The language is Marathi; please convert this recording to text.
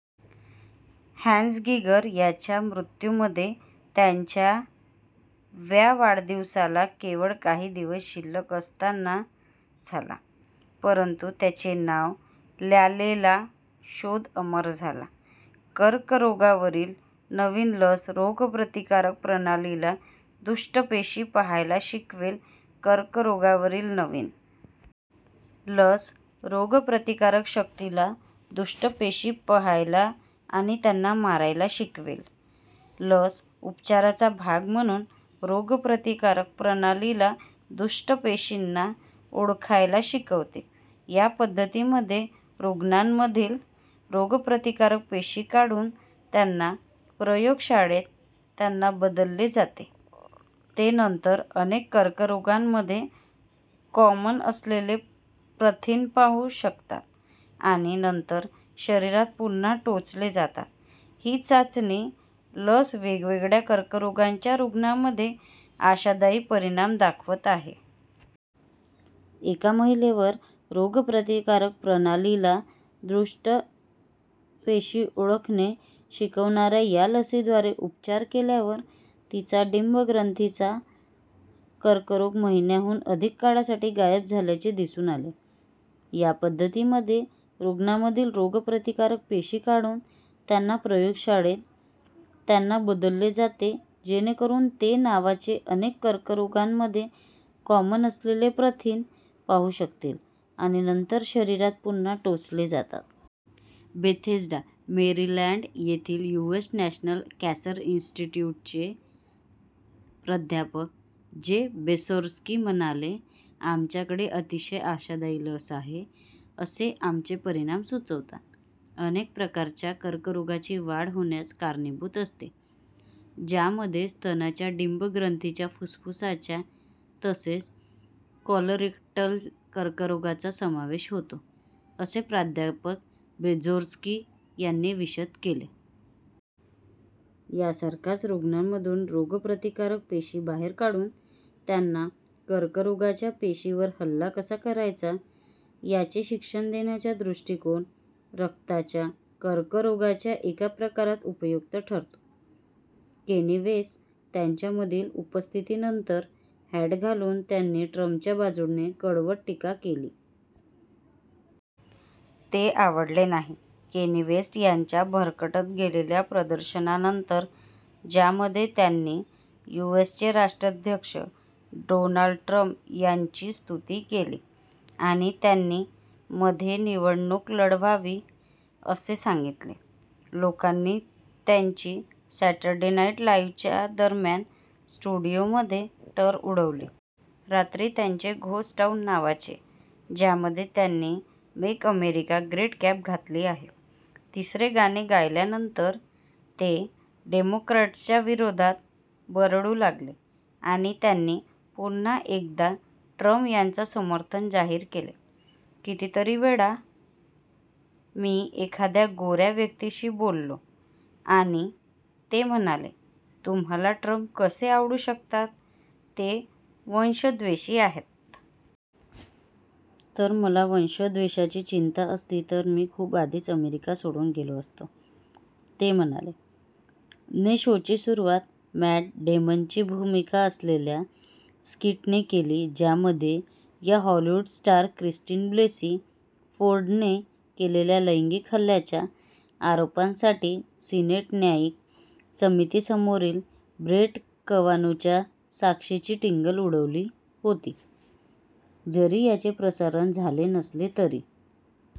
" "हॅन्स" गीगर यांचा मृत्यू मध्ये, त्यांच्या व्या वाढदिवसाला केवळ काही दिवस शिल्लक असताना झाला. परंतु त्यांचे नाव ल्यालेला शोध अमर झाला. कर्करोगावरील नवीन लस रोगप्रतिकारक प्रणालीला दुष्ट पेशी 'पहायला' शिकवेल कर्करोगावरील नवीन लस रोगप्रतिकारक शक्तीला दुष्ट पेशी 'पहायला' आणि त्यांना मारायला शिकवेल लस उपचाराचा भाग म्हणून रोगप्रतिकारक प्रणालीला दुष्ट पेशींना ओळखायला शिकवते या पद्धतीमध्ये रूग्णांमधील रोगप्रतिकारक पेशी काढून त्यांना प्रयोगशाळेत त्यांना बदलले जाते ते नंतर अनेक कर्करोगांमध्ये कॉमन असलेले प्रथिन 'पाहू' शकतात आणि नंतर शरीरात पुन्हा टोचले जातात ही चाचणी लस वेगवेगळ्या कर्करोगांच्या रूग्णांमध्ये आशादायी परिणाम दाखवत आहे. एका महिलेवर रोगप्रतिकारक प्रणालीला दुष्ट पेशी ओळखणे शिकवणाऱ्या या लसीद्वारे उपचार केल्यावर तिचा डिंबग्रंथिंचा कर्करोग महिन्यांहून अधिक काळासाठी गायब झाल्याचे दिसून आले. या पद्धतीमध्ये रूग्णांमधील रोगप्रतिकारक पेशी काढून त्यांना प्रयोगशाळेत त्यांना बदलले जाते जेणेकरून ते नावाचे, अनेक कर्करोगांमध्ये कॉमन असलेले प्रथिन "पाहू" शकतील आणि नंतर शरीरात पुन्हा टोचले जातात. बेथेस्डा, मेरीलँड येथील युएस नॅशनल कॅसर इंस्टिट्यूटचे प्राध्यापक जे बर्झोफ्स्की म्हणाले: "आमच्याकडे अतिशय आशादायी लस आहे असे आमचे परिणाम सुचवतात. " "अनेक प्रकारच्या कर्करोगाची वाढ होण्यास कारणीभूत असते," ज्यामध्ये स्तनाच्या, डिंबग्रंथिच्या, फुफ्फुसांच्या तसेच कोलोरेक्टल कर्करोगांचा समावेश होतो, असे प्राध्यापक बर्झोफ्स्की यांनी विशद केले. यासारखाच, रूग्णांमधून रोगप्रतिकारक पेशी बाहेर काढून त्यांना कर्करोगाच्या पेशींवर हल्ला कसा करायचा याचे "शिक्षण" देण्याचा दृष्टीकोन रक्ताच्या कर्करोगाच्या एका प्रकारात उपयुक्त ठरतो. केनी वेस्ट त्यांच्या मधील उपस्थितीनंतर हॅट घालून त्यांनी ट्रंपच्या-बाजुने कडवट टीका केली. ते आवडले नाही केनी वेस्ट यांच्या भरकटत गेलेल्या प्रदर्शनानंतर ज्यामध्ये त्यांनी यु. एस. चे राष्ट्राध्यक्ष डोनाल्ड ट्रंप यांची स्तुती केली आणि त्यांनी मध्ये निवडणूक लढवावी असे सांगितले, लोकांनी त्यांची सॅटरडे नाईट लाइव्हच्या दरम्यान स्टुडिओमध्ये टर उडवली. रात्री त्यांचे घोस्ट टाउन नावाचे ज्यामध्ये त्यांनी मेक अमेरिका ग्रेट कॅप घातली आहे, तिसरे गाणे गायल्यानंतर ते डेमॉक्रॅट्सच्या विरोधात बरळू लागले आणि त्यांनी पुन्हा एकदा ट्रंप यांना समर्थन जाहिर केले. "कितीतरी वेळा मी एखाद्या गोऱ्या व्यक्तीशी बोललो आणि ते म्हणाले: "तुम्हाला ट्रंप कसे आवडू शकतात, ते वंशद्वेशी आहेत? " तर, मला वंशद्वेशाची चिंता असती तर मी खूप आधीच अमेरिका सोडून गेलो असतो," ते म्हणाले. ने शोची सुरुवात मॅट डेमनची भूमिका असलेल्या स्कीटने केली ज्यामध्ये या हॉलिवूड स्टारने क्रिस्टिन ब्लेसी फोर्डने केलेल्या लैंगिक हल्ल्याच्या आरोपांसाठी सिनेट न्यायिक समितीसमोरील ब्रेट कवानुच्या साक्षेची टिंगल उडवली होती. जरी याचे प्रसारण झाले नसले तरीही